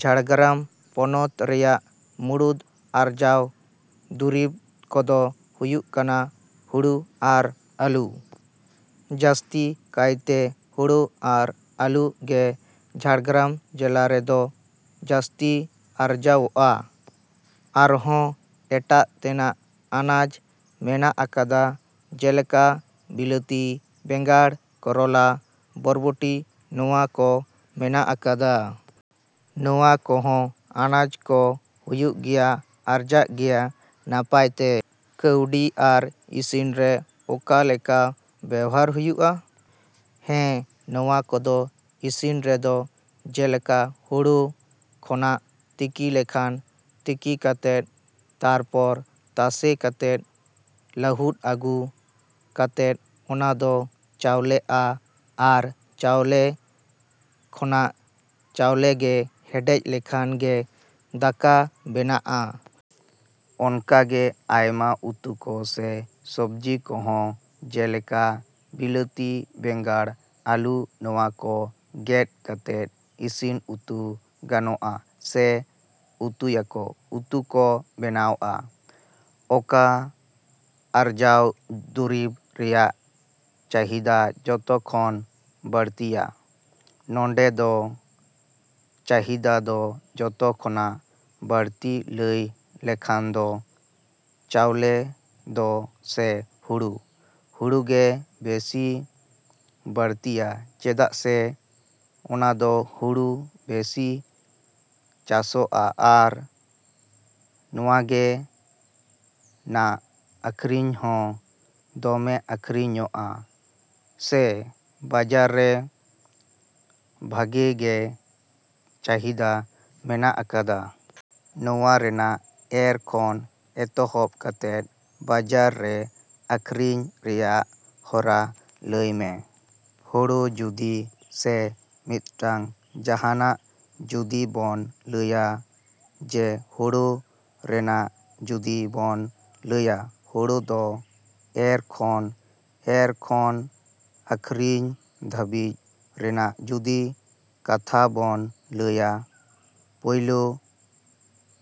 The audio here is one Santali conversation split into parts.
ᱡᱷᱟᱲᱜᱨᱟᱢ ᱯᱚᱱᱚᱛ ᱨᱮᱭᱟᱜ ᱢᱩᱲᱩᱫ ᱟᱨᱡᱟᱣ ᱫᱩᱨᱤᱵᱽ ᱠᱚᱫᱚ ᱦᱩᱭᱩᱜ ᱠᱟᱱᱟ ᱦᱳᱲᱳ ᱟᱨ ᱟᱞᱩ᱾ ᱡᱟᱹᱥᱛᱤ ᱠᱟᱭᱛᱮ ᱦᱳᱲᱳ ᱟᱨ ᱟᱞᱩ ᱜᱮ ᱡᱷᱟᱲᱜᱨᱟᱢ ᱡᱮᱞᱟ ᱨᱮᱫᱚ ᱡᱟᱹᱥᱛᱤ ᱟᱨᱡᱟᱜᱼᱟ᱾ ᱟᱨᱦᱚᱸ ᱮᱢᱟᱱ ᱛᱮᱱᱟᱜ ᱟᱱᱟᱡ ᱢᱮᱱᱟᱜ ᱟᱠᱟᱫᱟ ᱡᱮᱞᱮᱠᱟ ᱵᱤᱞᱟᱹᱛᱤ, ᱵᱮᱸᱜᱟᱲ, ᱠᱚᱨᱚᱞᱟ, ᱵᱚᱨᱵᱚᱴᱤ ᱱᱚᱣᱟ ᱠᱚ ᱢᱮᱱᱟᱜ ᱟᱠᱟᱫᱟ᱾ ᱱᱚᱣᱟ ᱠᱚᱦᱚᱸ ᱟᱱᱟᱡ ᱠᱚ ᱦᱩᱭᱩᱜ ᱜᱮᱭᱟ, ᱟᱨᱡᱟᱜ ᱜᱮᱭᱟ ᱱᱟᱯᱟᱭ ᱛᱮ᱾ ᱠᱟᱹᱣᱰᱤ ᱟᱨ ᱤᱥᱤᱱ ᱨᱮ ᱚᱠᱟ ᱞᱮᱠᱟ ᱵᱮᱣᱦᱟᱨ ᱦᱩᱭᱩᱜᱼᱟ? ᱦᱮᱸ, ᱱᱚᱣᱟ ᱠᱚᱫᱚ ᱤᱥᱤᱱ ᱨᱮᱫᱚ ᱡᱮᱞᱮᱠᱟ ᱦᱳᱲᱳ ᱠᱷᱚᱱᱟᱜ ᱛᱤᱠᱤ ᱞᱮᱠᱷᱟᱱ, ᱛᱤᱠᱤ ᱠᱟᱛᱮᱫ ᱛᱟᱨᱯᱚᱨᱮ ᱛᱟᱥᱮ ᱠᱟᱛᱮᱫ ᱞᱟᱹᱦᱩᱫ ᱟᱹᱜᱩ ᱠᱟᱛᱮᱫ ᱚᱱᱟ ᱫᱚ ᱪᱟᱣᱞᱮᱜᱼᱟ ᱟᱨ ᱪᱟᱣᱞᱮ ᱠᱷᱚᱱᱟᱜ ᱪᱟᱣᱞᱮ ᱜᱮ ᱦᱮᱰᱮᱡ ᱞᱮᱠᱷᱟᱱ ᱜᱮ ᱫᱟᱠᱟ ᱵᱮᱱᱟᱜᱼᱟ᱾ ᱚᱱᱠᱟᱜᱮ ᱟᱭᱢᱟ ᱩᱛᱩ ᱠᱚ ᱥᱮ ᱥᱚᱵᱡᱤ ᱠᱚᱦᱚᱸ ᱡᱮᱞᱮᱠᱟ ᱵᱤᱞᱟᱹᱛᱤ, ᱵᱮᱸᱜᱟᱲ, ᱟᱹᱞᱩ ᱱᱚᱣᱟ ᱠᱚ ᱜᱮᱫ ᱠᱟᱛᱮᱫ ᱤᱥᱤᱱ ᱩᱛᱩ ᱜᱟᱱᱚᱜᱼᱟ ᱥᱮ ᱩᱛᱩᱭᱟᱠᱚ, ᱩᱛᱩ ᱠᱚ ᱵᱮᱱᱟᱣᱟ᱾ ᱚᱠᱟ ᱟᱨᱡᱟᱣ ᱫᱩᱨᱤᱵᱽ ᱨᱮᱭᱟᱜ ᱪᱟᱦᱤᱫᱟ ᱡᱚᱛᱚ ᱠᱷᱚᱱ ᱵᱟᱹᱲᱛᱤᱭᱟ? ᱱᱚᱸᱰᱮ ᱫᱚ ᱪᱟᱦᱤᱫᱟ ᱫᱚ ᱡᱚᱛᱚ ᱠᱷᱚᱱᱟᱜ ᱵᱟᱹᱲᱛᱤ ᱞᱟᱹᱭ ᱞᱮᱠᱷᱟᱱ ᱫᱚ ᱪᱟᱣᱞᱮ ᱫᱚ ᱥᱮ ᱦᱳᱲᱳ, ᱦᱳᱲᱳ ᱜᱮ ᱵᱤᱥᱤ ᱵᱟᱹᱲᱛᱤᱭᱟ ᱪᱮᱫᱟᱜ ᱥᱮ ᱚᱱᱟᱫᱚ ᱦᱳᱲᱳ ᱵᱮᱥᱤ ᱪᱟᱥᱚᱜᱼᱟ ᱟᱨ ᱱᱚᱣᱟᱜᱮ ᱱᱟᱜ ᱟᱹᱠᱷᱟᱨᱤᱧ ᱦᱚᱸ ᱫᱚᱢᱮ ᱟᱹᱠᱷᱟᱨᱤᱧ ᱧᱚᱜᱼᱟ ᱥᱮ ᱵᱟᱡᱟᱨ ᱨᱮ ᱵᱷᱟᱜᱮ ᱜᱮ ᱪᱟᱦᱤᱫᱟ ᱢᱮᱱᱟᱜ ᱟᱠᱟᱫᱟ᱾ ᱱᱚᱣᱟ ᱨᱮᱱᱟᱜ ᱮᱨ ᱠᱷᱚᱱ ᱮᱛᱚᱦᱚᱵ ᱠᱟᱛᱮᱫ ᱵᱟᱡᱟᱨ ᱨᱮ ᱟᱹᱠᱷᱟᱨᱤᱧ ᱨᱮᱭᱟᱜ ᱦᱚᱨᱟ ᱞᱟᱹᱭᱢᱮ᱾ ᱦᱳᱲᱳ ᱡᱩᱫᱤ ᱥᱮ ᱢᱤᱫᱴᱟᱝ ᱡᱟᱦᱟᱱᱟᱜ ᱡᱩᱫᱤ ᱵᱚᱱ ᱞᱟᱹᱭᱟ ᱡᱮ ᱦᱳᱲᱳ ᱨᱮᱱᱟᱜ ᱡᱩᱫᱤ ᱵᱚᱱ ᱞᱟᱹᱭᱟ, ᱦᱳᱲᱳ ᱫᱚ ᱮᱨ ᱠᱷᱚᱱ ᱮᱨ ᱠᱷᱚᱱ ᱟᱹᱠᱷᱟᱨᱤᱧ ᱫᱷᱟᱹᱵᱤᱡ ᱨᱮᱱᱟᱜ ᱡᱩᱫᱤ ᱠᱟᱛᱷᱟ ᱵᱚᱱ ᱞᱟᱹᱭᱟ, ᱯᱳᱭᱞᱳ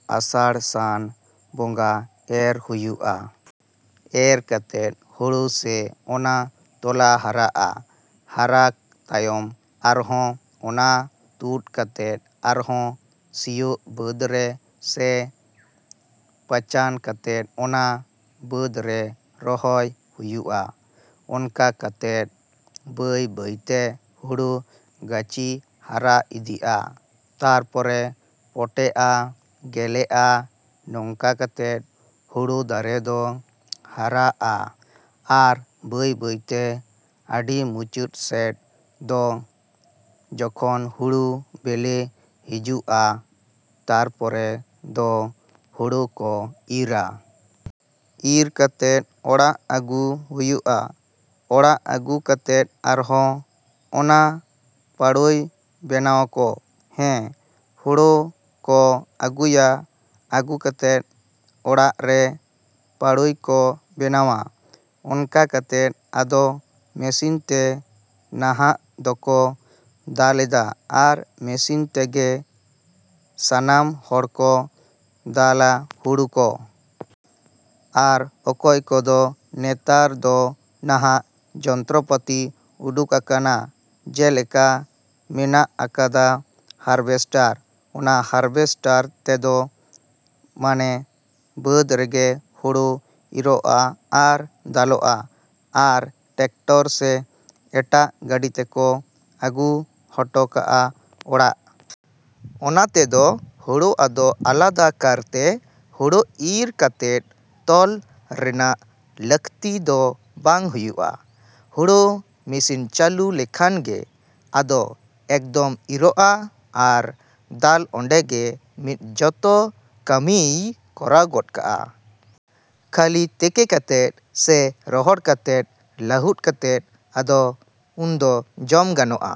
ᱟᱥᱟᱲ ᱥᱟᱱ ᱵᱚᱸᱜᱟ ᱮᱨ ᱦᱩᱭᱩᱜᱼᱟ᱾ ᱮᱨ ᱠᱟᱛᱮᱫ ᱦᱳᱲᱳ ᱥᱮ ᱚᱱᱟ ᱛᱚᱞᱟ ᱦᱟᱨᱟᱜᱼᱟ᱾ ᱦᱟᱨᱟ ᱛᱟᱭᱚᱢ ᱟᱨᱦᱚᱸ ᱚᱱᱟ ᱛᱳᱫ ᱠᱟᱛᱮᱫ ᱟᱨᱦᱚᱸ ᱥᱤᱭᱳᱜ ᱵᱟᱹᱫᱽ ᱨᱮ ᱥᱮ ᱯᱚᱪᱟᱱ ᱠᱟᱛᱮᱫ ᱚᱱᱟ ᱵᱟᱹᱫᱽ ᱨᱮ ᱨᱚᱦᱚᱭ ᱦᱩᱭᱩᱜᱼᱟ᱾ ᱚᱱᱠᱟ ᱠᱟᱛᱮᱫ ᱵᱟᱹᱭᱼᱵᱟᱹᱭᱛᱮ ᱦᱳᱲᱳ ᱜᱟᱹᱪᱷᱤ ᱦᱟᱨᱟ ᱤᱫᱤᱜᱼᱟ᱾ ᱛᱟᱨᱯᱚᱨᱮ ᱯᱚᱴᱮᱜᱼᱟ, ᱜᱮᱞᱮᱜᱼᱟ, ᱱᱚᱝᱠᱟ ᱠᱟᱛᱮᱫ ᱦᱳᱲᱳ ᱫᱟᱨᱮ ᱫᱚ ᱦᱟᱨᱟᱜᱼᱟ ᱟᱨ ᱵᱟᱹᱭᱼᱵᱟᱹᱭᱛᱮ ᱟᱹᱰᱤ ᱢᱩᱪᱟᱹᱫ ᱥᱮᱫ ᱫᱚ ᱡᱚᱠᱷᱚᱱ ᱦᱳᱲᱳ ᱵᱮᱞᱮ ᱦᱤᱡᱩᱜᱼᱟ ᱛᱟᱨᱯᱚᱨᱮ ᱫᱚ ᱦᱳᱲᱳ ᱠᱚ ᱤᱨᱟ᱾ ᱤᱨ ᱠᱟᱛᱮᱫ ᱚᱲᱟᱜ ᱟᱹᱜᱩ ᱦᱩᱭᱩᱜᱼᱟ᱾ ᱚᱲᱟᱜ ᱟᱹᱜᱩ ᱠᱟᱛᱮᱫ ᱟᱨᱦᱚᱸ ᱚᱱᱟ ᱯᱟᱲᱳᱭ ᱵᱮᱱᱟᱣᱟᱠᱚ᱾ ᱦᱮᱸ, ᱦᱳᱲᱳ ᱠᱚ ᱟᱹᱜᱩᱭᱟ, ᱟᱹᱜᱩ ᱠᱟᱛᱮᱫ ᱚᱲᱟᱜ ᱨᱮ ᱯᱟᱲᱳᱭ ᱠᱚ ᱵᱮᱱᱟᱣᱟ᱾ ᱚᱱᱠᱟ ᱠᱟᱛᱮᱫ ᱟᱫᱚ ᱢᱤᱥᱤᱱᱛᱮ ᱱᱟᱦᱟᱜ ᱫᱚᱠᱚ ᱫᱟᱞᱮᱫᱟ ᱟᱨ ᱢᱤᱥᱤᱱ ᱛᱮᱜᱮ ᱥᱟᱱᱟᱢ ᱦᱚᱲᱠᱚ ᱫᱟᱞᱟ ᱦᱳᱲᱳ ᱠᱚ᱾ ᱟᱨ ᱚᱠᱚᱭ ᱠᱚᱫᱚ ᱱᱮᱛᱟᱨ ᱫᱚ ᱱᱟᱦᱟᱜ ᱡᱚᱱᱛᱨᱚᱯᱟᱛᱤ ᱩᱰᱩᱠ ᱟᱠᱟᱱᱟ ᱡᱮᱞᱮᱠᱟ ᱢᱮᱱᱟᱜ ᱟᱠᱟᱫᱟ ᱦᱟᱨᱵᱷᱮᱥᱴᱟᱨ᱾ ᱚᱱᱟ ᱦᱟᱨᱵᱷᱮᱥᱴᱟᱨ ᱛᱮᱫᱚ ᱢᱟᱱᱮ ᱵᱟᱹᱫᱽ ᱨᱮᱜᱮ ᱦᱳᱲᱳ ᱤᱨᱚᱜᱼᱟ ᱟᱨ ᱫᱟᱞᱚᱜᱼᱟ ᱟᱨ ᱴᱮᱠᱴᱟᱨ ᱥᱮ ᱮᱴᱟᱜ ᱜᱟᱹᱲᱤ ᱛᱮᱠᱚ ᱟᱹᱜᱩ ᱦᱚᱴᱚ ᱠᱟᱜᱼᱟ ᱚᱲᱟᱜ᱾ ᱚᱱᱟ ᱛᱮᱫᱚ ᱦᱳᱲᱳ ᱟᱫᱚ ᱟᱞᱟᱫᱟ ᱠᱟᱨᱛᱮ ᱦᱳᱲᱳ ᱤᱨ ᱠᱟᱛᱮᱫ ᱛᱚᱞ ᱨᱮᱱᱟᱜ ᱞᱟᱹᱠᱛᱤ ᱫᱚ ᱵᱟᱝ ᱦᱩᱭᱩᱜᱼᱟ᱾ ᱦᱳᱲᱳ ᱢᱤᱥᱤᱱ ᱪᱟᱹᱞᱩ ᱞᱮᱠᱷᱟᱱ ᱜᱮ ᱟᱫᱚ ᱮᱠᱫᱚᱢ ᱤᱨᱚᱜᱼᱟ ᱟᱨ ᱫᱟᱞ ᱚᱸᱰᱮ ᱜᱮ ᱢᱤᱫ ᱡᱚᱛᱚ ᱠᱟᱹᱢᱤᱭ ᱠᱚᱨᱟᱣ ᱜᱚᱫ ᱠᱟᱜᱼᱟ᱾ ᱠᱷᱟᱹᱞᱤ ᱛᱮᱠᱮ ᱠᱟᱛᱮᱫ ᱥᱮ ᱨᱚᱦᱚᱲ ᱠᱟᱛᱮᱫ ᱞᱟᱹᱦᱩᱫ ᱠᱟᱛᱮᱫ ᱟᱫᱚ ᱩᱱᱫᱚ ᱡᱚᱢ ᱜᱟᱱᱚᱜᱼᱟ᱾